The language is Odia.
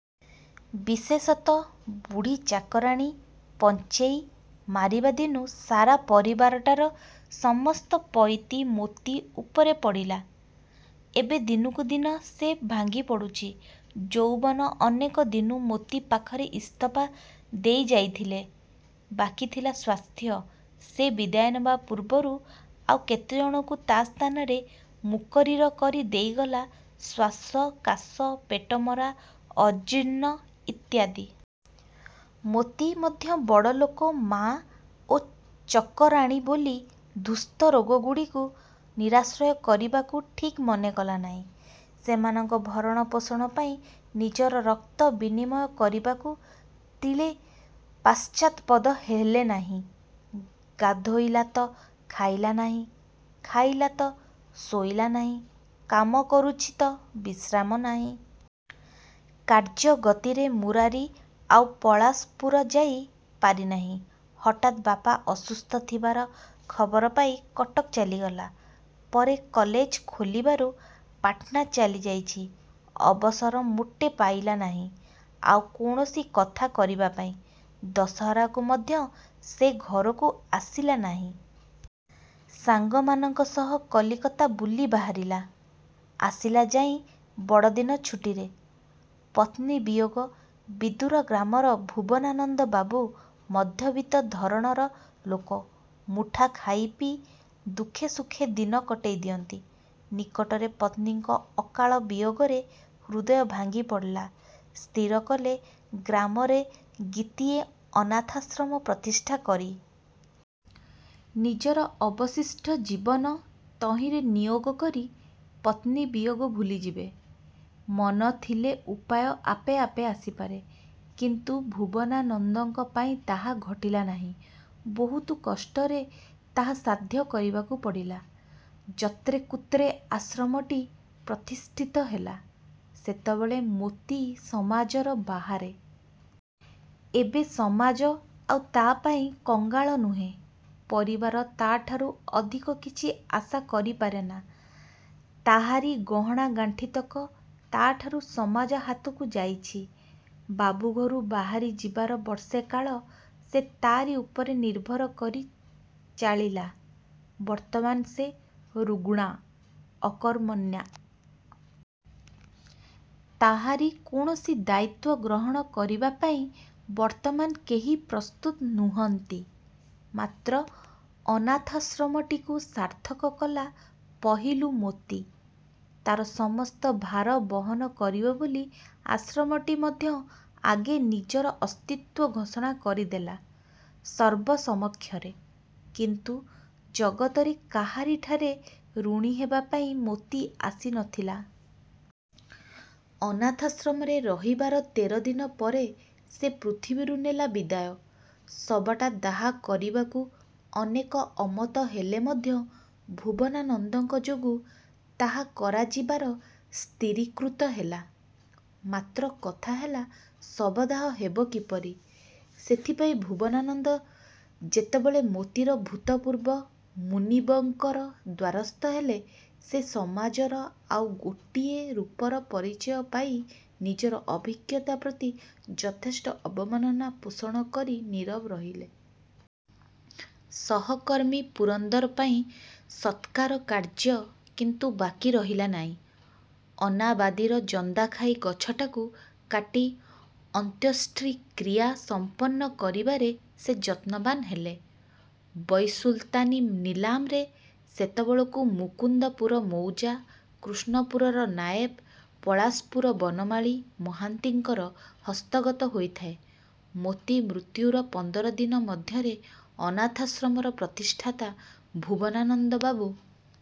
ବିଶେଷତଃ ବୁଢ଼ୀ ଚାକରାଣୀ ପଞ୍ଚେଇ ମାରିବାଦିନୁ ସାରା ପରିବାରଟାର ସମସ୍ତ ପଇତି ମୋତି ଉପରେ ପଡ଼ିଲା। ଏବେ ଦିନକୁଦିନ ସେ ଭାଙ୍ଗିପଡ଼ୁଛି। ଯୌବନ ଅନେକ ଦିନୁ ମୋତି ପାଖରେ ଇସ୍ତଫା ଦେଇ ଯାଇଥିଲେ, ବାକୀ ଥିଲା ସ୍ଵାସ୍ଥ୍ୟ, ସେ ବିଦାୟ ନେବା ପୂର୍ବରୁ ଆଉ କେତେଜଣଙ୍କୁ ତା ସ୍ଥାନରେ ମୁକରିର କରି ଦେଇଗଲା-ଶ୍ଵାସ କାଶ, ପେଟମରା, ଅଜୀର୍ଣ୍ଣ ଇତ୍ୟାଦି-। ମୋତି ମଧ୍ୟ ବଡ଼ଲୋକ ମା ଓ ଚକରାଣୀ ବୋଲି ଦୁଃସ୍ଥ ରୋଗଗୁଡ଼ିକୁ ନିରାଶ୍ରୟ କରିବାକୁ ଠିକ୍ ମନେ କଲା ନାହିଁ। ସେମାନଙ୍କ ଭରଣ ପୋଷଣ ପାଇଁ ନିଜର ରକ୍ତ ବିନିମୟ କରିବାକୁ ତିଳେ ପାଶ୍ଚାତ୍ପଦ ହେଲେ ନାହିଁ। ଗାଧୋଇଲା ତ ଖାଇଲା ନାହିଁ, ଖାଇଲା ତ ଶୋଇଲା ନାହିଁ-କାମ କରୁଛି ତ ବିଶ୍ରାମ ନାହିଁ। କାର୍ଯ୍ୟଗତିରେ ମୁରାରି ଆଉ ପଳାଶପୁର ଯାଇ ପାରିନାହିଁ। ହଠାତ୍ ବାପା ଅସୁସ୍ଥ ଥିବାର ଖବର ପାଇ କଟକ ଚାଲିଗଲା। ପରେ କଲେଜ ଖୋଲିବାରୁ ପାଟନା ଚାଲିଯାଇଛି। ଅବସର ମୋଟେ ପାଇଲା ନାହିଁ, ଆଉ କୌଣସି କଥା କରିବା ପାଇଁ। ଦଶହରାକୁ ମଧ୍ୟ ସେ ଘରକୁ ଆସିଲା ନାହିଁ। ସାଙ୍ଗମାନଙ୍କ ସହ କଲିକତା ବୁଲି ବାହାରିଲା। ଆସିଲା ଯାଇଁ ବଡ଼ଦିନ ଛୁଟିରେ। ପତ୍ନୀ ବିୟୋଗ ବିଧୂର ଗ୍ରାମର ଭୂବନାନନ୍ଦ ବାବୁ ମଧ୍ୟବିତ ଧରଣର ଲୋକ। ମୁଠା ଖାଇପିଇ ଦୁଖେ ସୁଖେ ଦିନ କଟେଇ ଦିଅନ୍ତି। ନିକଟରେ ପତ୍ନୀଙ୍କ ଅକାଳ ବିୟୋଗରେ ହୃଦୟ ଭାଙ୍ଗିପଡ଼ିଲା। ସ୍ଥିର କଲେ ଗ୍ରାମରେ ଗୀତିଏ ଅନାଥାଶ୍ରମ ପ୍ରତିଷ୍ଠା କରି,। ନିଜର ଅବଶିଷ୍ଟ ଜୀବନ ତହିଁରେ ନିୟୋଗ କରି ପତ୍ନୀବିୟୋଗ ଭୁଲିଯିବେ। ମନ ଥିଲେ ଉପାୟ ଆପେ ଆପେ ଆସିପାରେ, କିନ୍ତୁ ଭୁବନାନନ୍ଦଙ୍କ ପାଇଁ ତାହା ଘଟିଲା ନାହିଁ। ବହୁତ କଷ୍ଟରେ ତାହା ସାଧ୍ୟ କରିବାକୁ ପଡ଼ିଲା। ଯତ୍ରେକୁତ୍ରେ ଆଶ୍ରମଟି ପ୍ରତିଷ୍ଠିତ ହେଲା। ସେତେବେଳେ ମୋତି ସମାଜର ବାହାରେ। ଏବେ ସମାଜ ଆଉ ତା ପାଇଁ କଙ୍ଗାଳ ନୁହେଁ। ପରିବାର ତାଠାରୁ ଅଧିକ କିଛି ଆଶା କରିପାରେନା। ତାହାରି ଗହଣାଗାଣ୍ଠିତକ ତା'ଠାରୁ ସମାଜ ହାତକୁ ଯାଇଛି। ବାବୁଘରୁ ବାହାରି ଯିବାର ବର୍ଷେ କାଳ ସେ ତାରି ଉପରେ ନିର୍ଭର କରି ଚାଳିଲା। ବର୍ତ୍ତମାନ ସେ ରୁଗ୍ଣା-ଅକର୍ମଣ୍ୟା। ତାହାରି କୌଣସି ଦାୟିତ୍ଵ ଗ୍ରହଣ କରିବା ପାଇଁ ବର୍ତ୍ତମାନ କେହି ପ୍ରସ୍ତୁତ ନୁହନ୍ତି। ମାତ୍ର ଅନାଥାଶ୍ରମଟିକୁ ସାର୍ଥକ କଲା ପହିଲୁ ମୋତି। ତା'ର ସମସ୍ତ ଭାର ବହନ କରିବ ବୋଲି ଆଶ୍ରମଟି ମଧ୍ୟ ଆଗେ ନିଜର ଅସ୍ତିତ୍ଵ ଘୋଷଣା କରିଦେଲା ସର୍ବ ସମକ୍ଷରେ। କିନ୍ତୁ ଜଗତରେ କାହାରିଠାରେ ଋଣୀ ହେବାପାଇଁ ମୋତି ଆସି ନଥିଲା। ଅନାଥାଶ୍ରମରେ ରହିବାର ତେର ଦିନ ପରେ ସେ ପୃଥିବୀରୁ ନେଲା ବିଦାୟ। ଶବଟା ଦାହ କରିବାକୁ ଅନେକ ଅମତ ହେଲେ ମଧ୍ୟ ଭୂବନାନନ୍ଦଙ୍କ ଯୋଗୁ ତାହା କରାଯିବାର ସ୍ଥିରୀକୃତ ହେଲା। ମାତ୍ର କଥା ହେଲା ଶବଦାହ ହେବ କିପରି। ସେଥିପାଇଁ ଭୂବନାନନ୍ଦ ଯେତେବେଳେ ମୋତିର ଭୂତପୂର୍ବ ମୁନିବଙ୍କର ଦ୍ଵାରସ୍ଥ ହେଲେ, ସେ ସମାଜର ଆଉ ଗୋଟିଏ ରୂପର ପରିଚୟ ପାଇ, ନିଜର ଅଭିଜ୍ଞତା ପ୍ରତି ଯଥେଷ୍ଟ ଅବମାନନା ପୋଷଣ କରି ନୀରବ ରହିଲେ। ସହକର୍ମୀ ପୁରନ୍ଦର ପାଇଁ ସତ୍କାର କାର୍ଯ୍ୟ କିନ୍ତୁ ବାକୀ ରହିଲା ନାହିଁ। ଅନାବାଦୀର ଜନ୍ଦାଖାଇ ଗଛଟାକୁ କାଟି ଅନ୍ତ୍ୟେଷ୍ଟିକ୍ରିୟା ସଂପନ୍ନ କରିବାରେ ସେ ଯତ୍ନବାନ୍ ହେଲେ। ବୈସୁଲତାନି ନିଲାମରେ ସେତେବେଳକୁ ମୁକୁନ୍ଦପୁର ମୌଜା-କୃଷ୍ଣପୁରର ନାଏବ, ପଳାଶପୁର ବନମାଳି ମହାନ୍ତିଙ୍କର ହସ୍ତଗତ ହୋଇଥାଏ। ମୋତି ମୃତ୍ୟୁର ପନ୍ଦର ଦିନ ମଧ୍ୟରେ ଅନାଥାଶ୍ରମର ପ୍ରତିଷ୍ଠାତା ଭୁବନାନନ୍ଦ ବାବୁ